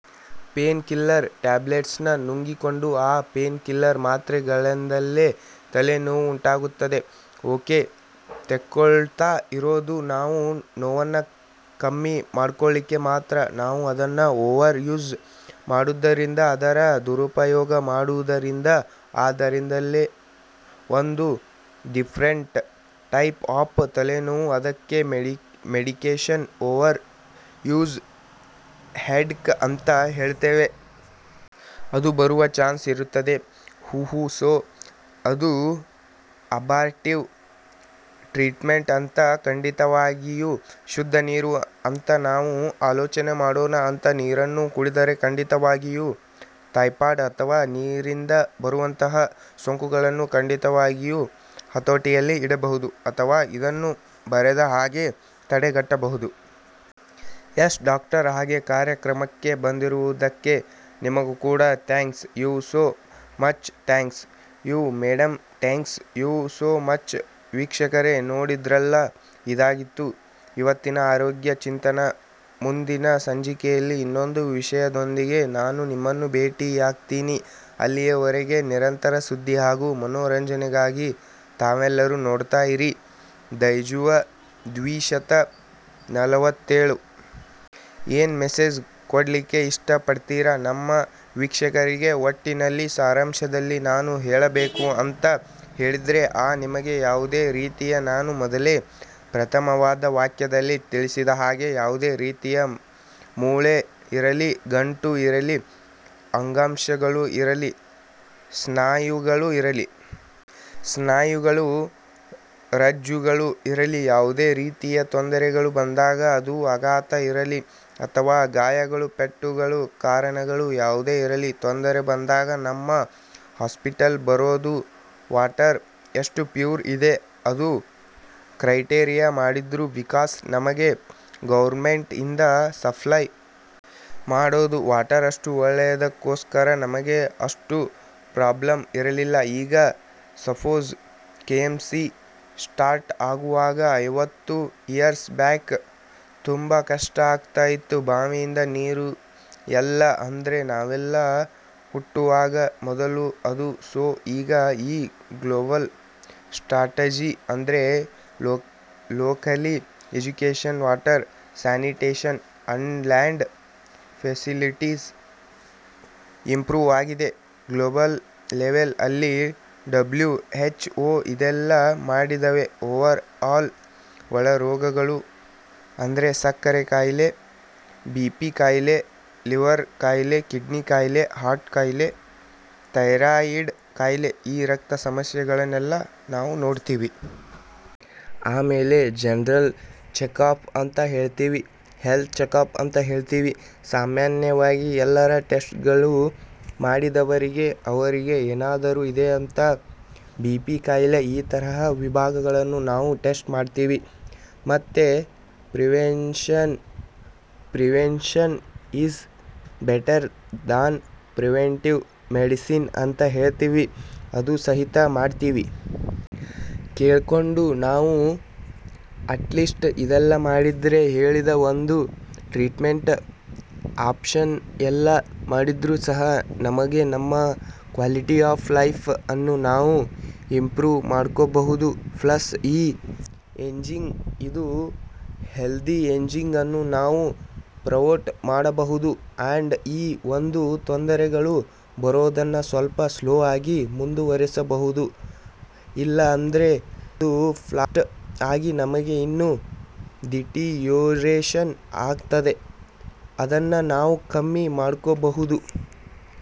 Pain killer tablets ನುಂಗಿಕೊಂಡು ಆ painkiller ಮಾತ್ರೆಗಳಿಂದಲೇ ತಲೆನೋವು ಉಂಟಾಗುತ್ತದೆ. ಓಕೆ ತೆಕ್ಕೊಳ್ತಾ ಇರೋದು ನಾವು ನೋವನ್ನ ಕಮ್ಮಿ ಮಾಡಿಕೊಳ್ಳಿಕ್ಕೆ ಮಾತ್ರ ನಾವು ಅದನ್ನ ಓವರ್ ಯೂಸ್ ಮಾಡಿದ್ದರಿಂದ ಅದರ ದುರುಪಯೋಗ ಮಾಡುವುದರಿಂದ ಅದರಿಂದನೇ ಒಂದು ಡಿಫರೆಂಟ್ ಟೈಪ್ ಆಫ್ ತಲೆನೋವು ಅದಕ್ಕೆ ಮೆಡಿಕೇಶನ್ ಓವರ್ ಯೂಸ್ ಹೆಡ್ಕ್ ಅಂತ ಹೇಳ್ತೇವೆ. ಅದು ಬರುವ ಚಾನ್ಸ್ ಇರುತ್ತದೆ. ಹು ಹು ಸೊ ಅದು ಅಬಾರ್ಟಿವ್ ಟ್ರೀಟ್ಮೆಂಟ್ ಅಂತ. ಖಂಡಿತವಾಗಿಯೂ ಶುದ್ಧ ನೀರು ಅಂತ ನಾವು ಆಲೋಚನೆ ಮಾಡೋಣ ಅಂತ ನೀರನ್ನು ಕುಡಿದರೆ ಖಂಡಿತವಾಗಿಯೂ ಟೈಫಾಯ್ಡ್ ಅಥವಾ ನೀರಿಂದ ಬರುವಂತಹ ಸೋಂಕುಗಳನ್ನು ಖಂಡಿತವಾಗಿಯೂ ಹತೋಟಿಯಲ್ಲಿ ಇಡಬಹುದು ಅಥವಾ ಅದನ್ನು ಬರೆದ ಹಾಗೆ ತಡೆಗಟ್ಟಬಹುದು. ಎಸ್ ಡಾಕ್ಟರ್ ಹಾಗೆ ಕಾರ್ಯಕ್ರಮಕ್ಕೆ ಬಂದಿರುವುದಕ್ಕೆ ನಿಮಗೂ ಕೂಡ thank you so much thank you madam thank you so much ವೀಕ್ಷಕರೇ ನೋಡಿದ್ರಲ್ಲ ಇದಾಗಿತ್ತು ಇವತ್ತಿನ ಆರೋಗ್ಯ ಚಿಂತನ ಮುಂದಿನ ಸಂಚಿಕೆಯಲ್ಲಿ ಇನ್ನೊಂದು ವಿಷಯದೊಂದಿಗೆ ನಾನು ನಿಮ್ಮನ್ನ ಭೇಟಿಯಾಗ್ತೀನಿ ಅಲ್ಲಿಯವರೆಗೂ ನಿರಂತರ ಸುದ್ದಿ ಹಾಗೂ ಮನೋರಂಜನೆಗಾಗಿ ತಾವೆಲ್ಲರೂ ನೋಡ್ತಾ ಇರಿ ದೈಜುವ ದ್ವಿಶತ ನಲವತ್ತೇಳು. ಏನ್ ಮೆಸೇಜ್ ಕೊಡ್ಲಿಕ್ಕೆ ಇಷ್ಟ ಪಡ್ತೀರಾ ನಮ್ಮ ವೀಕ್ಷಕರಿಗೆ ಒಟ್ಟಿನಲ್ಲಿ ಸಾರಾಂಶದಲ್ಲಿ ನಾನು ಹೇಳಬೇಕು ಅಂತ ಹೇಳಿದ್ರೆ ಆ ನಿಮಗೆ ಯಾವುದೇ ರೀತಿಯ ನಾನು ಮೊದಲೇ ಪ್ರಥಮವಾದ ವಾಕ್ಯದಲ್ಲಿ ತಿಳಿಸಿದ ಹಾಗೆ ಯಾವುದೇ ರೀತಿಯ ಮೂಳೆ ಇರಲಿ ಗಂಟು ಇರಲಿ ಅಂಗಾಂಶಗಳು ಇರಲಿ ಸ್ನಾಯುಗಳು ಇರಲಿ ಸ್ನಾಯುಗಳು ರಜ್ಜುಗಳು ಇರಲಿ ಯಾವುದೇ ರೀತಿಯ ತೊಂದರೆಗಳು ಬಂದಾಗ ಅದು ಆಘಾತ ಇರಲಿ ಅಥವಾ ಗಾಯಗಳು ಪೆಟ್ಟುಗಳು ಕಾರಣಗಳು ಯಾವುದೇ ಇರಲಿ ತೊಂದರೆ ಬಂದಾಗ ನಮ್ಮ ಹಾಸ್ಪಿಟಲ್ ಬರೋದು ವಾಟರ್ ಎಷ್ಟು ಪ್ಯೂರ್ ಇದೆ ಅದು ಕ್ರೈಟೀರಿಯಾ ಮಾಡಿದ್ರು ಬಿಕಾಸ್ ನಮಗೆ ಗೌರ್ನಮೆಂಟ್ ಇಂದ ಸಪ್ಲೈ ಮಾಡೋದು ವಾಟರ್ ಅಷ್ಟು ಒಳ್ಳೆಯದಕ್ಕೋಸ್ಕರ ನಮಗೆ ಅಷ್ಟು ಪ್ರಾಬ್ಲಮ್ ಇರಲಿಲ್ಲ ಈಗ ಸಪೋಸ್ ಕೆಎಂಸಿ ಸ್ಟಾರ್ಟ್ ಆಗುವಾಗ ಐವತ್ತು ಇಯರ್ಸ್ ಬ್ಯಾಕ್ ತುಂಬಾ ಕಷ್ಟ ಆಗ್ತಾ ಇತ್ತು ಬಾವಿಯಿಂದ ನೀರು ಎಲ್ಲ ಅಂದ್ರೆ ನಾವೆಲ್ಲ ಹುಟ್ಟುವಾಗ ಮೊದಲು ಅದು ಸೋ ಈಗ ಈ ಗ್ಲೋಬಲ್ ಸ್ಟ್ರಾಟಜಿ ಅಂದ್ರೆ locally education water sanitation and lab facilities improve ಆಗಿದೆ ಗ್ಲೋಬಲ್ ಲೆವೆಲ್ ಅಲ್ಲಿ ಡಬ್ಲ್ಯೂ ಹೆಚ್ ಓ ಇದೆಲ್ಲ ಮಾಡಿದವೆ ಓವರ್ ಆಲ್ ಒಳ ರೋಗಗಳು ಅಂದ್ರೆ ಸಕ್ಕರೆ ಕಾಯಿಲೆ ಬಿಪಿ ಕಾಯಿಲೆ ಲಿವರ್ ಕಾಯಿಲೆ ಕಿಡ್ನಿ ಕಾಯಿಲೆ ಹಾರ್ಟ್ ಕಾಯಿಲೆ ಥೈರಾಯಿಡ್ ಕಾಯಿಲೆ ಈ ರಕ್ತ ಸಮಸ್ಯೆಗಳನ್ನೆಲ್ಲ ನಾವು ನೋಡ್ತೀವಿ. ಆಮೇಲೆ ಜನರಲ್ ಚೆಕ್ಅಪ್ ಅಂತ ಹೇಳ್ತೀವಿ. ಹೆಲ್ತ್ ಚೆಕ್ಅಪ್ ಅಂತ ಹೇಳ್ತೀವಿ. ಸಾಮಾನ್ಯವಾಗಿ ಎಲ್ಲರ ಟೆಸ್ಟ್ ಗಳು ಮಾಡಿದವರಿಗೆ ಅವರಿಗೆ ಏನಾದರೂ ಇದೆ ಅಂತ ಬಿಪಿ ಕಾಯಿಲೆ ಈ ತರದ ವಿಭಾಗಗಳನ್ನು ನಾವು ಟೆಸ್ಟ್ ಮಾಡ್ತೀವಿ ಮತ್ತೆ prevention prevention is better than preventive medicine ಅಂತ ಹೇಳ್ತಿವಿ ಅದು ಸಹಿತ ಮಾಡ್ತೀವಿ. ಕೇಳ್ಕೊಂಡು ನಾವು ಅಟ್ಲೀಸ್ಟ್ ಇದೆಲ್ಲ ಮಾಡಿದ್ರೆ ಹೇಳಿದ ಒಂದು ಟ್ರೀಟ್ಮೆಂಟ್ ಆಪ್ಷನ್ಸ್ ಎಲ್ಲ ಮಾಡಿದ್ರು ಸಹ ನಮಗೆ ನಮ್ಮ ಕ್ವಾಲಿಟಿ ಆಫ್ ಲೈಫ್ ಅನ್ನು ನಾವು ಇಂಪ್ರೂವ್ ಮಾಡ್ಕೋಬಹುದು ಪ್ಲಸ್ ಈ ಏಜಿಂಗ್ ಇದು ಹೆಲ್ದಿ ಏಜಿಂಗ್ ಅನ್ನು ನಾವು ಪ್ರಮೋಟ್ ಮಾಡಬಹುದು ಅಂಡ್ ಈ ಒಂದು ತೊಂದರೆಗಳು ಬರೋದನ್ನು ಸ್ವಲ್ಪ ಸ್ಲೋ ಆಗಿ ಮುಂದುವರಿಸಬಹುದು ಇಲ್ಲ ಅಂದ್ರೆ ಅದು ಫಾಸ್ಟ್ ಆಗಿ ನಮಗೆ ಇನ್ನು ಡಿಟಿಯೋರೇಷನ್ ಆಗ್ತದೆ ಅದನ್ನ ನಾವು ಕಮ್ಮಿ ಮಾಡಿಸ್ಕೊಬಹುದು.